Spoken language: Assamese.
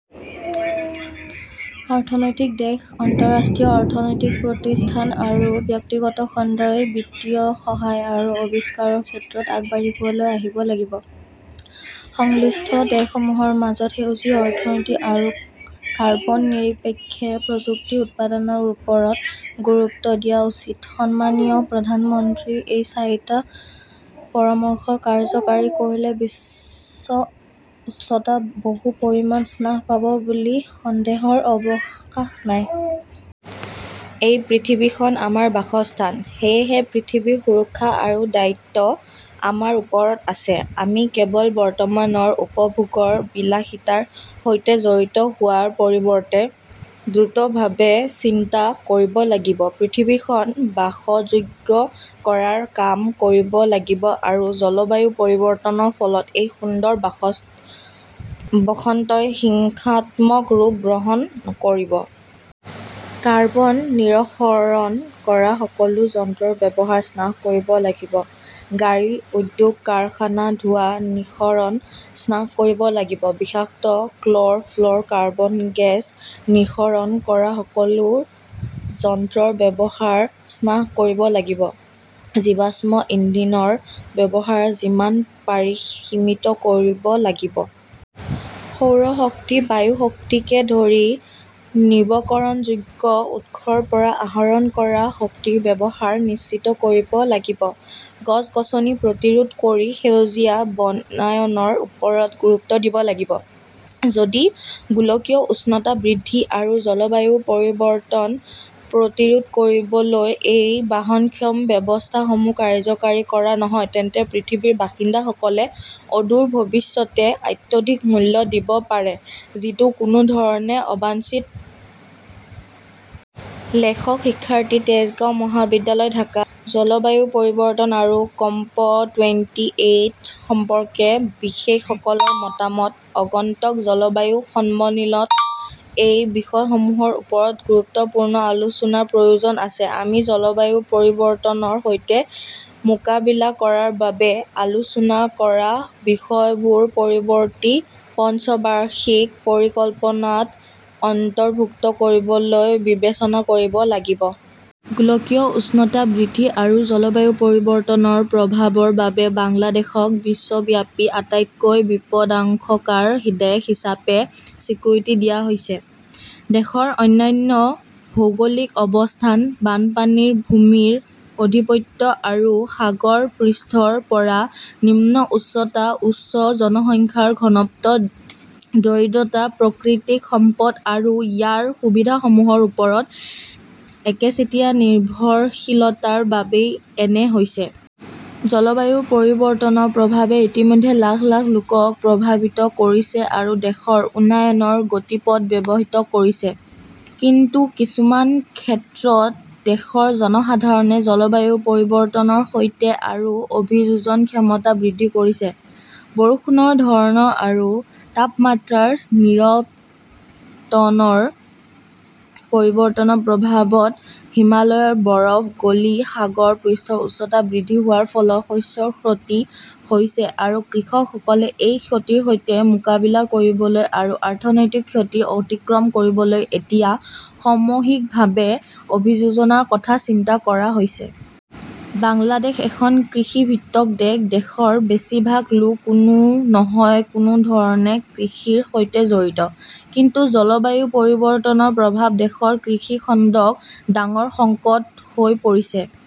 অৰ্থনৈতিক দেশ, আন্তঃৰাষ্ট্ৰীয় অৰ্থনৈতিক প্ৰতিষ্ঠান আৰু ব্যক্তিগত খণ্ডই বিত্তীয় সহায় আৰু আৱিষ্কাৰৰ ক্ষেত্ৰত আগবাঢ়ি আহিব লাগিব। সংশ্লিষ্ট দেশসমূহৰ মাজত সেউজ অৰ্থনীতি আৰু কাৰ্বন-নিৰপেক্ষ প্ৰযুক্তি উৎপাদনৰ ওপৰত গুৰুত্ব দিয়া উচিত। সন্মানীয় প্ৰধানমন্ত্ৰীৰ এই চাৰিটা পৰামৰ্শ কাৰ্যকৰী কৰিলে বিশ্ব উষ্ণতা বহু পৰিমাণে হ্ৰাস পাব বুলি সন্দেহৰ অৱকাশ নাই। এই পৃথিৱীখন আমাৰ বাসস্থান। সেয়েহে পৃথিৱীৰ সুৰক্ষাৰ দায়িত্বও আমাৰ ওপৰত আছে। আমি কেৱল বৰ্তমানৰ উপভোগৰ বিলাসিতাৰ সৈতে জড়িত হোৱাৰ পৰিৱৰ্তে দ্ৰুতভাৱে চিন্তা কৰিব লাগিব। পৃথিৱীখন বাসযোগ্য কৰাৰ বাবে কাম কৰিব লাগিব আৰু জলবায়ু পৰিৱৰ্তনৰ ফলত এই সুন্দৰ বসন্তই হিংসাত্মক ৰূপ গ্ৰহণ নকৰিব। কাৰ্বন নিঃসৰণ কৰা সকলো যন্ত্ৰৰ ব্যৱহাৰ হ্ৰাস কৰিব লাগিব। গাড়ী, উদ্যোগ আৰু কাৰখানাৰ ধোঁৱা নিঃসৰণ হ্ৰাস কৰিব লাগিব। বিষাক্ত ক্ল'ৰ'-ফ্ল'ৰ, কাৰ্বন গেছ নিঃসৰণ কৰা সকলো যন্ত্ৰৰ ব্যৱহাৰ হ্ৰাস কৰিব লাগিব। জীৱাশ্ম ইন্ধনৰ ব্যৱহাৰ যিমান পাৰি সীমিত কৰিব লাগিব। সৌৰ শক্তি, বায়ু শক্তিকে ধৰি নৱীকৰণযোগ্য উৎসৰ পৰা আহৰণ কৰা শক্তিৰ ব্যৱহাৰ নিশ্চিত কৰিব লাগিব। গছ-গছনি প্ৰতিৰোধ কৰি সেউজীয়া বনায়নৰ ওপৰত গুৰুত্ব দিব লাগিব। যদি গোলকীয় উষ্ণতা বৃদ্ধি আৰু জলবায়ু পৰিৱৰ্তন প্ৰতিৰোধ কৰিবলৈ এই বহনক্ষম ব্যৱস্থাসমূহ কাৰ্যকৰী কৰা নহয়, তেন্তে পৃথিৱীৰ বাসিন্দাসকলে অদূৰ ভৱিষ্যতে অত্যাধিক মূল্য দিব পাৰে, যিটো কোনো ধৰণে অবাঞ্ছিত। লেখকঃ শিক্ষাৰ্থী, তেজগাঁও মহাবিদ্যালয়, ঢাকা। জলবায়ু পৰিৱৰ্তন আৰু ক'প টুৱেন্টি এইট সম্পৰ্কে বিশেষজ্ঞসকলৰ মতামত। আগন্তুক জলবায়ু সন্মিলনত এই বিষয়সমূহৰ ওপৰত গুৰুত্বপূৰ্ণ আলোচনাৰ প্ৰয়োজন আছে। আমি জলবায়ু পৰিৱৰ্তনৰ সৈতে মোকাবিলা কৰাৰ বাবে আলোচনা কৰা বিষয়বোৰ পৰৱৰ্তী পঞ্চবাৰ্ষিক পৰিকল্পনাত অন্তৰ্ভুক্ত কৰিবলৈ বিবেচনা কৰিব লাগিব। গোলকীয় উষ্ণতা বৃদ্ধি আৰু জলবায়ু পৰিৱৰ্তনৰ প্ৰভাৱৰ বাবে বাংলাদেশক বিশ্বব্যাপী আটাইতকৈ বিপদাশংকাৰ দেশ হিচাপে স্বীকৃতি দিয়া হৈছে। দেশৰ অনন্য ভৌগোলিক অৱস্থান, বানপানীৰ ভূমিৰ আধিপত্য আৰু সাগৰ পৃষ্ঠৰ পৰা নিম্ন উচ্চতা, উচ্চ জনসংখ্যাৰ ঘনত্ব, দৰিদ্ৰতা, প্ৰাকৃতিক সম্পদ আৰু ইয়াৰ সুবিধাসমূহৰ ওপৰত একচেটিয়া নিৰ্ভৰশীলতাৰ বাবেই এনে হৈছে। জলবায়ু পৰিৱৰ্তনৰ প্ৰভাৱে ইতিমধ্যে লাখ লাখ লোকক প্ৰভাৱিত কৰিছে আৰু দেশৰ উন্নয়নৰ গতিপথ ব্যাহত কৰিছে। কিন্তু কিছুমান ক্ষেত্ৰত দেশৰ জনসাধাৰণে জলবায়ু পৰিৱৰ্তনৰ সৈতে নিজৰ অভিযোজন ক্ষমতা বৃদ্ধি কৰিছে। বৰষুণৰ ধৰণ আৰু তাপমাত্ৰাৰ নিৰন্তৰ পৰিৱৰ্তনৰ প্ৰভাৱত হিমালয়ৰ বৰফ গলিলে, সাগৰ পৃষ্ঠৰ উচ্চতা বৃদ্ধি হোৱাৰ ফলত, শস্যৰ ক্ষতি হৈছে আৰু কৃষকসকলে এই ক্ষতিৰ সৈতে মোকাবিলা কৰিবলৈ আৰু অৰ্থনৈতিক ক্ষতি অতিক্ৰম কৰিবলৈ এতিয়া সামূহিকভাৱে অভিযোজনৰ কথা চিন্তা কৰা হৈছে। বাংলাদেশ এখন কৃষিভিত্তিক দেশ। দেশৰ বেছিভাগ লোক কোনো নহয় কোনো ধৰণে কৃষিৰ সৈতে জড়িত। কিন্তু জলবায়ু পৰিৱৰ্তনৰ প্ৰভাৱ দেশৰ কৃষি খণ্ডত এক ডাঙৰ সংকট হৈ পৰিছে।